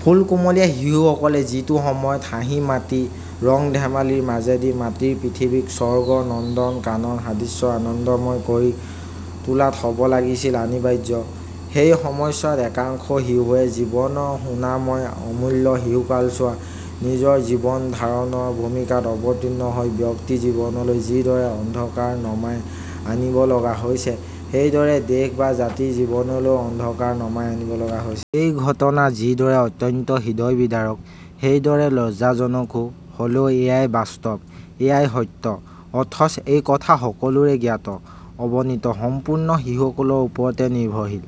ফুল কুমলীয়া শিশুসকলে যিটো সময়ত হাঁহি-মাতি, ৰং-ধেমালিৰ মাজেদি মাটিৰ পৃথিৱীক স্বৰ্গৰ নন্দন কানন সদৃশ আনন্দময় কৰি তোলাটো হ'ব লাগিছিল অনিবাৰ্য, সেই সময়ছোৱাতে একাংশ শিশুৱে জীৱনৰ সোণাময় অমূল্য শিশুকালছোৱা নিজৰ জীৱন ধাৰণৰ ভূমিকাত অৱতীৰ্ণ হৈ ব্যক্তি জীৱনলৈ যি দৰে অন্ধকাৰ নমাই আনিবলগা হৈছে সেইদৰে দেশ বা জাতিৰ জীৱনলৈও অন্ধকাৰ নমাই আনিবলগা হৈছে। এই ঘটনা যি দৰে অত্যন্ত হৃদয় বিদাৰক, সেইদৰে লজ্জাজনকো, হ'লেও এয়াই বাস্তৱ, এয়াই সত্য। অথচ এই কথা সকলোৰে জ্ঞাত, অৱনতি সম্পূৰ্ণ শিশুসকলৰ ওপৰতে নিৰ্ভৰশীল।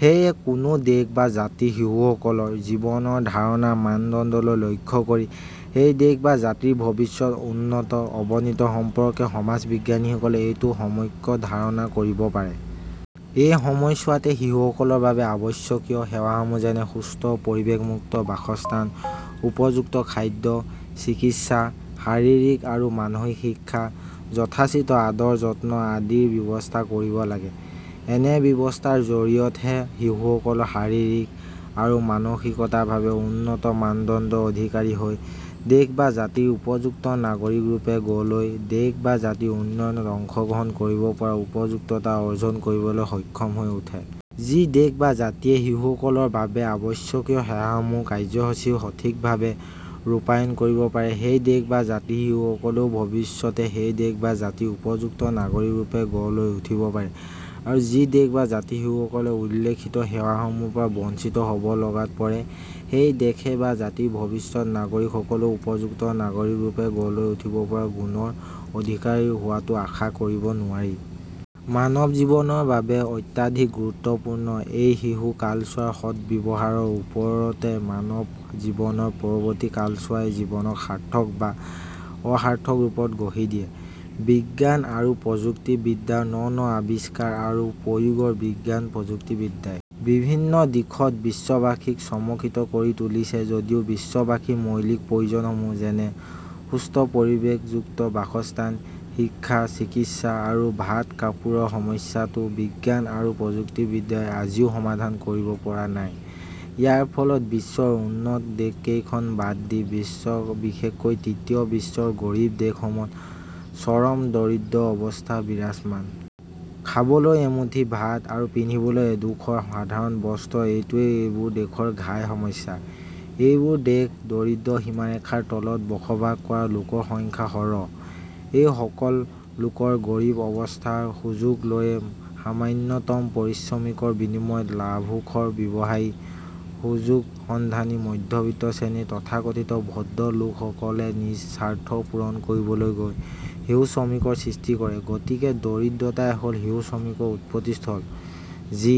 সেয়ে কোনো দেশ বা জাতিৰ শিশুসকলৰ জীৱন-ধাৰণৰ মানদণ্ডলৈ লক্ষ্য কৰি সেই দেশ বা জাতিৰ ভৱিষ্যৎ উন্নতি, অৱনতি সম্পৰ্কে সমাজ-বিজ্ঞানীসকলে এটি সম্যক ধাৰণা কৰিব পাৰে। এই সময়ছোৱাতে শিশুসকলৰ বাবে আৱশ্যকীয় সেৱাসমূহ যেনে- সুস্থ পৰিৱেশযুক্ত বাসস্থান, উপযুক্ত খাদ্য, চিকিৎসা, শাৰীৰিক আৰু মানসিক শিক্ষা, যথোচিত আদৰ-যত্ন আদিৰ ব্যৱস্থা কৰিব লাগে। এনে ব্যৱস্থাৰ জৰিয়তেহে শিশুসকলৰ শাৰীৰিক আৰু মানসিকভাৱে উন্নত মানদণ্ডৰ অধিকাৰী হৈ দেশ বা জাতিৰ উপযুক্ত নাগৰিক ৰূপে গঢ় লৈ দেশ বা জাতিৰ উন্নয়নত অংশ গ্ৰহণ কৰিব পৰা উপযুক্ততা অৰ্জন কৰিবলৈ সক্ষম হৈ উঠে। যি দেশ বা জাতিয়ে শিশুসকলৰ বাবে আৱশ্যকীয় সেৱাসমূহৰ কাৰ্য্যসূচী সঠিকভাৱে ৰূপায়ণ কৰিব পাৰে সেই দেশ বা জাতিৰ শিশুসকলো ভৱিষ্যতে সেই দেশ বা জাতিৰ উপযুক্ত নাগৰিক ৰূপে গঢ় লৈ উঠিব পাৰে আৰু যি দেশ বা জাতিৰ শিশুসকল উল্লিখিত সেৱাসমূহৰপৰা বঞ্চিত হ'ব লগাত পৰে সেই দেশ বা জাতিৰ ভৱিষ্যৎ নাগৰিক সকলো উপযুক্ত নাগৰিক ৰূপে গঢ় লৈ উঠিব পৰা গুণৰ অধিকাৰী হোৱাটো আশা কৰিব নোৱাৰি। মানৱ জীৱনৰ বাবে অত্যধিক গুৰুত্বপূৰ্ণ এই শিশু কালছোৱাৰ সৎ ব্যৱহাৰৰ ওপৰতে মানৱ জীৱনৰ পৰৱৰ্তী কালছোৱাই জীৱনক সাৰ্থক বা অসাৰ্থক ৰূপত গঢ় দিয়ে। বিজ্ঞান আৰু প্ৰযুক্তি বিদ্যাৰ ন-ন আৱিষ্কাৰ আৰু প্ৰয়োগেৰে বিজ্ঞান আৰু প্ৰযুক্তিবিদ্যাই বিভিন্ন দিশত বিশ্ববাসীক চমকৃত কৰি তুলিছে যদিও বিশ্ববাসীৰ মৌলিক প্ৰয়োজনসমূহ, যেনে- সুস্থ পৰিৱেশযুক্ত বাসস্থান, শিক্ষা, চিকিৎসা আৰু ভাত-কাপোৰৰ সমস্যাটো বিজ্ঞান আৰু প্ৰযুক্তিবিদ্যাই আজিও সমাধান কৰিব পৰা নাই৷ ইয়াৰ ফলত বিশ্বৰ উন্নত দেশকেইখন বাদ দি বিশেষকৈ তৃতীয় বিশ্বৰ গৰীব দেশসমূহত চৰম দৰিদ্ৰ অৱস্থা বিৰাজমান। খাবলৈ এমুঠি ভাত আৰু পিন্ধিবলৈ এডোখৰ সাধাৰণ বস্ত্ৰ এইটোৱে এইবোৰ দেশৰ ঘাই সমস্যা। এইবোৰ দেশ দৰিদ্ৰ সীমাৰেখাৰ তলত বসবাস কৰা লোকৰ সংখ্যাই সৰহ। এই সকল লোকৰ গৰীব অৱস্থাৰ সুযোগ লৈয়ে সামান্যতম পাৰিশ্ৰমিকৰ বিনিময়ত লাভখোৰ ব্যৱসায়ী, সুযোগ-সন্ধানী মধ্যবিত্ত শ্ৰেণীৰ তথাকথিত ভদ্ৰলোকসকলে নিজ স্বাৰ্থ পূৰণ কৰিবলৈ গৈ শিশু শ্ৰমিকৰ সৃষ্টি কৰে। গতিকে দৰিদ্ৰতাই হ'ল শিশু শ্ৰমিকৰ উৎপত্তি স্থল। যি